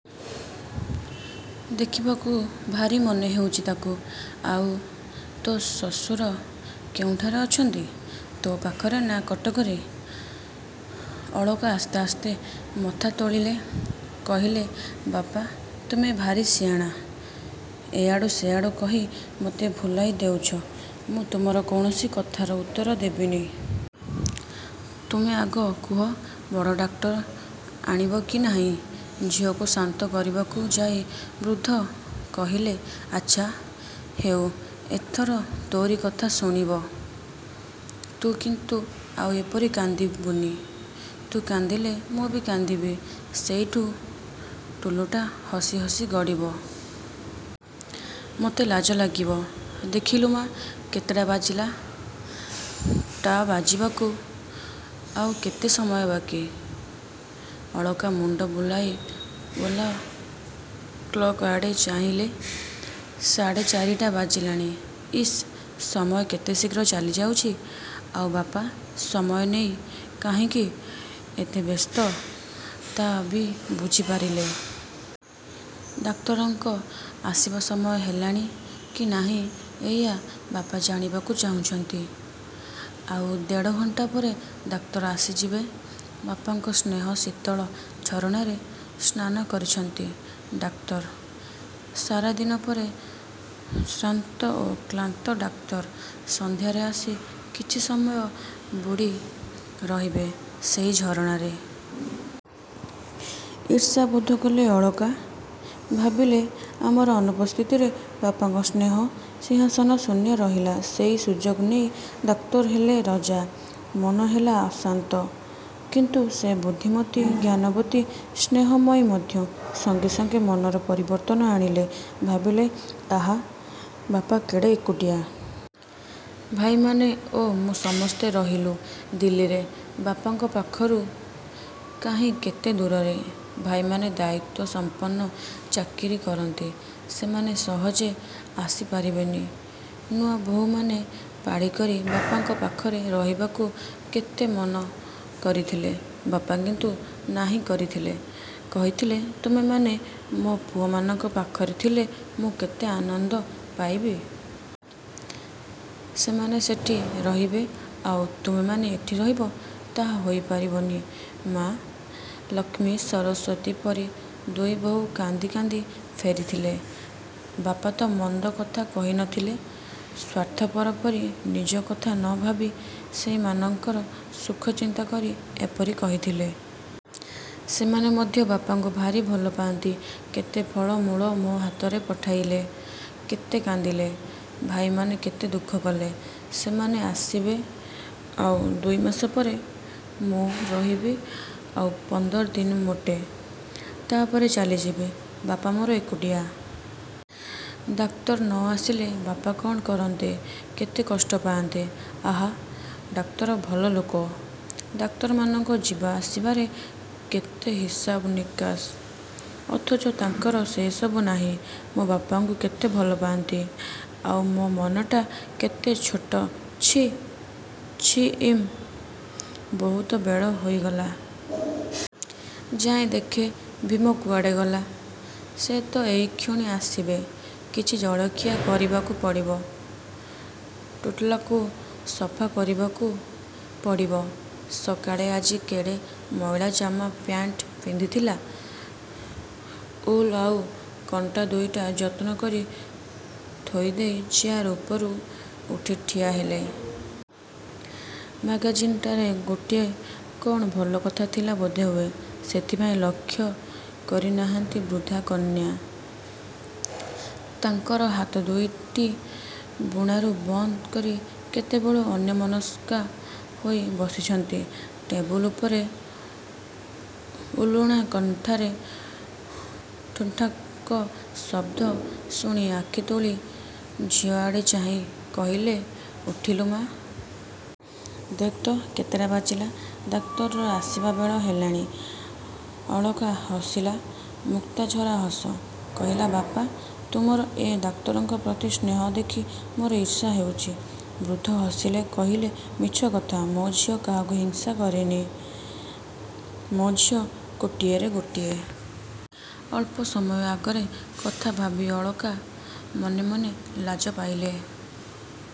ଦେଖିବାକୁ ଭାରି ମନହେଉଛି ତାକୁ। ଆଉ ତୋ ଶ୍ୱଶୁର-କେଉଁଠାରେ ଅଛନ୍ତି, ତୋ ପାଖରେ ନା କଟକରେ? ଅଳକା ଆସ୍ତେ ଆସ୍ତେ ମଥା ତୋଳିଲେ। କହିଲେ ବାପା ତୁମେ ଭାରି ସିଆଣା। ଏଆଡ଼ୁ ସେଆଡ଼ୁ କହି ମୋତେ ଭୁଲାଇ ଦେଉଛ। ମୁଁ ତୁମର କୌଣସି କଥାର ଉତ୍ତର ଦେବିନି। ତୁମେ ଆଗ କୁହ ବଡ଼ ଡାକ୍ତର ଆଣିବ କି ନାହିଁ? ଝିଅକୁ ଶାନ୍ତ କରିବାକୁ ଯାଇ ବୃଦ୍ଧ କହିଲେ, ଆଛା ହେଉ ଏଥର ତୋରି କଥା ଶୁଣିବ। ତୁ କିନ୍ତୁ ଆଉ ଏପରି କାନ୍ଦିବୁନି। ତୁ କାନ୍ଦିଲେ ମୁଁ ବି କାନ୍ଦିବି। ସେଉଠୁ ଟୁଲୁଟା ହସି ହସି ଗଡ଼ିବ। ମୋତେ ଲାଜ ଲାଗିବ। ଦେଖିଲୁ ମା' କେତେଟା ବାଜିଲା, ଟା ବାଜିବାକୁ ଆଉ କେତେ ସମୟ ବାକି। ଅଳକା ମୁଣ୍ଡ ବୁଲାଇ ଓ୍ୱାଲ କ୍ଲକ ଆଡ଼େ ଚାହିଁଲେ। ସାଢ଼େ ଚାରିଟା ବାଜିଲାଣି। ଇସ୍ ସମୟ କେତେ ଶୀଘ୍ର ଚାଲିଯାଉଛି। ଆଉ ବାପା ସମୟ ନେଇ କାହିଁକି ଏତେ ବ୍ୟସ୍ତ ତା ବି ବୁଝିପାରିଲେ। ଡାକ୍ତରଙ୍କ ଆସିବା ସମୟ ହେଲାଣି କି ନାହିଁ ଏଇଆ ବାପା ଜାଣିବାକୁ ଚାହୁଁଛନ୍ତି। ଆଉ ଦେଢ଼ ଘଣ୍ଟା ପରେ ଡାକ୍ତର ଆସିଯିବେ। ବାପାଙ୍କ ସ୍ନେହ ଶୀତଳ ଝରଣାରେ ସ୍ନାନ କରିଛନ୍ତି ଡାକ୍ତର। ସାରାଦିନ ପରେ ଶ୍ରାନ୍ତ ଓ କ୍ଳାନ୍ତ ଡାକ୍ତର ସଂଧ୍ୟାରେ ଆସି କିଛି ସମୟ ବୁଡ଼ି ରହିବେ ସେହି ଝରଣାରେ। ଈର୍ଷା ବୋଧକଲେ ଅଳକା। ଭାବିଲେ ଆମର ଅନୁପସ୍ଥିତିରେ ବାପାଙ୍କ ସ୍ନେହ ସିଂହାସନ ଶୂନ୍ୟ ରହିଲା। ସେଇ ସୁଯୋଗ ନେଇ ଡାକ୍ତର ହେଲେ ରଜା। ମନ ହେଲା ଅଶାନ୍ତ। କିନ୍ତୁ ସେ ବୁଦ୍ଧିମତୀ, ଜ୍ଞାନବତୀ, ସ୍ନେହମୟୀ ମଧ୍ୟ। ସଙ୍ଗେ ସଙ୍ଗେ ମନର ପରିବର୍ତ୍ତନ ଆଣିଲେ। ଭାବିଲେ ଆହା ବାପା କେଡ଼େ ଏକୁଟିଆ। ଭାଇମାନେ ଓ ମୁଁ ସମସ୍ତେ ରହିଲୁ ଦିଲ୍ଲୀରେ-। ବାପାଙ୍କ ପାଖରୁ କାହିଁ କେତେ ଦୂରରେ। ଭାଇମାନେ ଦାୟୀତ୍ୱସମ୍ପନ୍ନ ଚାକିରି କରନ୍ତି-। ସେମାନେ ସହଜେ ଆସିପାରିବେନି। ନୂଆବୋହୂମାନେ ପାଳିକରି ବାପାଙ୍କ ପାଖରେ ରହିବାକୁ କେତେ ମନ କରିଥିଲେ। ବାପା କିନ୍ତୁ ନାହିଁ କରିଥିଲେ, କହିଥିଲେ ତୁମେମାନେ ମୋ ପୁଅମାନଙ୍କ ପାଖରେ ଥିଲେ ମୁଁ କେତେ ଆନନ୍ଦ ପାଇବି। ସେମାନେ ସେଠି ରହିବେ ଆଉ ତୁମେମାନେ ଏଠି ରହିବ, ତା' ହୋଇପାରିବନି ମା'। ଲକ୍ଷ୍ମୀ, ସରସ୍ୱତୀ ପରି ଦୁଇବୋହୂ କାନ୍ଦି କାନ୍ଦି ଫେରିଥିଲେ। ବାପାତ ମନ୍ଦ କଥା କହିନଥିଲେ। ସ୍ୱାର୍ଥପର ପରି ନିଜ କଥା ନ ଭାବି ସେଇମାନଙ୍କର ସୁଖ ଚିନ୍ତା କରି ଏପରି କହିଥିଲେ। ସେମାନେ ମଧ୍ୟ ବାପାଙ୍କୁ ଭାରି ଭଲପା'ନ୍ତି। କେତେ ଫଳ ମୂଳ ମୋ ହାତରେ ପଠାଇଲେ, କେତେ କାନ୍ଦିଲେ। ଭାଇମାନେ କେତେ ଦୁଃଖ କଲେ। ସେମାନେ ଆସିବେ ଆଉ ଦୁଇମାସ ପରେ। ମୁଁ ରହିବି ଆଉ ପନ୍ଦର ଦିନ ମୋଟେ। ତାପରେ ଚାଲିଯିବି। ବାପା ମୋର ଏକୁଟିଆ। ଡାକ୍ତର ନ ଆସିଲେ ବାପା କ'ଣ କରନ୍ତେ,। କେତେ କଷ୍ଟ ପାଆନ୍ତେ। ଆହା ଡାକ୍ତର ଭଲ ଲୋକ। ଡାକ୍ତରମାନଙ୍କ ଯିବା ଆସିବାରେ କେତେ ହିସାବ ନିକାଶ। ଅଥଚ ତାଙ୍କର ସେ ସବୁ ନାହିଁ। ମୋ ବାପାଙ୍କୁ କେତେ ଭଲପାନ୍ତି। ଆଉ ମୋ ମନଟା କେତେ ଛୋଟ ଛି, ଛି ଇମ୍, ବହୁତ ବେଳ ହୋଇଗଲା। ଯାଏ ଦେଖେ ଭୀମ କୁଆଡ଼େ ଗଲା। ସେ ତ ଏଇକ୍ଷଣି ଆସିବେ-। କିଛି ଜଳଖିଆ କରିବାକୁ ପଡ଼ିବ। ଟୁଲ୍ଟାକୁ ସଫା କରିବାକୁ ପଡ଼ିବ। ସକାଳେ ଆଜି କେଡ଼େ ମଇଳା ଜାମା ପ୍ୟାଣ୍ଟ ପିନ୍ଧିଥିଲା। ଉଲ୍ ଆଉ କଣ୍ଟା ଦୁଇଟା ଯତ୍ନ କରି ଥୋଇଦେଇ ଚେୟାର ଉପରୁ ଉଠି ଠିଆହେଲେ। ମାଗାଜିନଟାରେ ଗୋଟିଏ କ'ଣ ଭଲ କଥା ଥିଲା ବୋଧହୁଏ, ସେଥିପାଇଁ ଲକ୍ଷ୍ୟ କରିନାହାନ୍ତି ବୃଦ୍ଧା କନ୍ୟା ତାଙ୍କର ହାତ ଦୁଇଟି ବୁଣାରୁ ବନ୍ଦ କରି କେତେବେଳୁ ଅନ୍ୟମନସ୍କା ହୋଇ ବସିଛନ୍ତି। ଟେବୁଲ୍ ଉପରେ ଉଲ୍ବୁଣା କଣ୍ଟାର ଠୁକ୍ଠାକ ଶବ୍ଦ ଶୁଣି ଆଖି ତୋଳି ଝିଅଆଡ଼େ ଚାହିଁ କହିଲେ-ଉଠିଲୁ ମା'? ଦେଖତ କେତେଟା ବାଜିଲା। ଡାକ୍ତରର ଆସିବା ବେଳ ହେଲାଣି। ଅଳକା ହସିଲା ମୁକ୍ତାଝରା ହସ। କହିଲେ-ବାପା ତୁମର ଏ ଡାକ୍ତରଙ୍କ ପ୍ରତି ସ୍ନେହ ଦେଖି ମୋର ଈର୍ଷାହେଉଛି। ବୃଦ୍ଧ ହସିଲେ, କହିଲେ-ମିଛ କଥା, ମୋ ଝିଅ କାହାକୁ ହିଂସା କରେନି। ମୋ ଝିଅ କୋଟିକରେ ଗୋଟିଏ। ଅଳ୍ପ ସମୟ ଆଗର କଥା ଭାବି ଅଳକା ମନେ ମନେ ଲାଜ ପାଇଲେ।